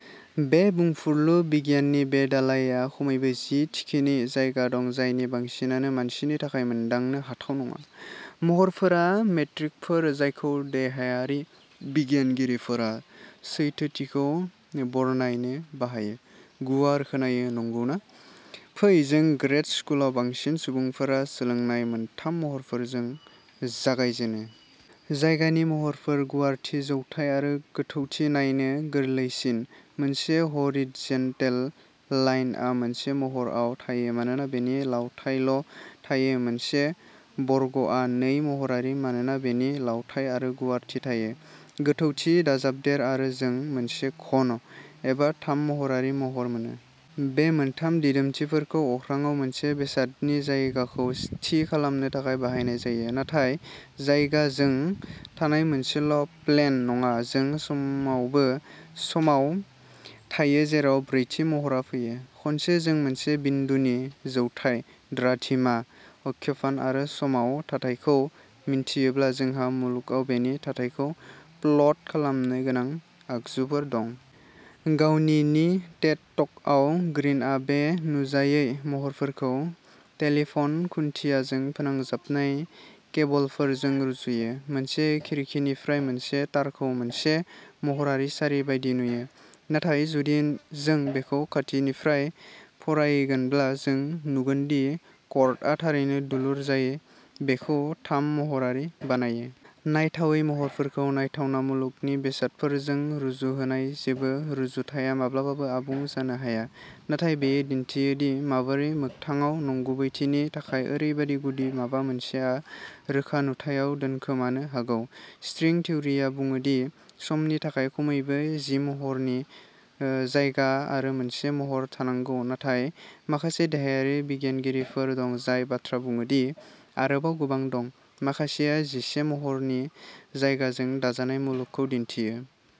बे बुंफुरलु बिगियाननि बे दालाइयाव खमैबो जि थिखिनि जायगा दं जायनि बांसिनानो मानसिनि थाखाय मोनदांनो हाथाव नङा। महरफोरा मेट्रिकफोर जायखौ देहायारि बिगियानगिरिफोरा सैथोथिखौ बरनायनो बाहायो। गुवार खोनायो नंगौना? फै जों ग्रेड स्कुलाव बांसिन सुबुंफोरा सोलोंनाय मोनथाम महरफोरजों जागाय जेनो। जायगानि महरफोर गुवारथि जौथाय आरो गोथौथि नायनो गोरलैसिन। मोनसे ह'रिदजेन्टेल लाइनआ मोनसे महरआव थायो मानोना बेनि लावथाइल' थायो मोनसे बर्गआ नै महरारि मानोना बेनि लावथाइ आरो गुवारथि थायो। गोथौथि दाजाबदेर आरो जों मोनसे घन एबा थाम महरारि महर मोनो। बे मोनथाम दिदोमथिफोरखौ अख्राङाव मोनसे बेसादनि जायगाखौ थि खालामनो थाखाय बाहायनाय जायो। नाथाय जायगा जों थानाय मोनसेल' प्लेन नङा जों समावबो समाव थायो जेराव ब्रैथि महरआ फैयो। खनसे जों मोनसे बिन्दुनि जौथाय, द्राघिमा, अक्षफान आरो समाव थाथायखौ मिन्थियोब्ला जोंहा मुलुगआव बेनि थाथायखौ प्लट खालामनो गोनां आगजुफोर दं। गावनि नि टेड टकआव ग्रीनआ बे नुजायै महरफोरखौ टेलिफ'न खुन्थियाजों फोनांजाबनाय केबोलफोरजों रुजुयो। मोनसे खिरखिनिफ्राय मोनसे तारखौ मोनसे महरारि सारि बायदि नुयो। नाथाय जुदि जों बेखौ खाथिनिफ्राय फरायगोनब्ला जों नुगोन दि कर्डआ थारैनो दुलुर जाय बेखौ थाम-महरारि बानायो। नायथावै महरफोरखौ नायथावना मुलुगनि बेसादफोरजों रुजुहोनाय जेबो रुजुथाया माब्लाबाबो आबुं जानो हाया नाथाय बेयो दिन्थियो दि माबोरै मोगथाङाव नंगुबैथिनि थाखाय ओरैबायदि गुदि माबा मोनसेआ रोखा नुथायाव दोनखोमानो हागौ। स्ट्रिं थिउरिया बुङो दि समनि थाखाय खमैबो जि महरनि जायगा आरो मोनसे महर थानांगौ नाथाय माखासे देहायारि बिगियानगिरिफोर दं जाय बाथ्रा बुङो दि आरोबाव गोबां दं। माखासेया जिसे महरनि जायगाजों दाजानाय मुलुगखौ दिन्थियो।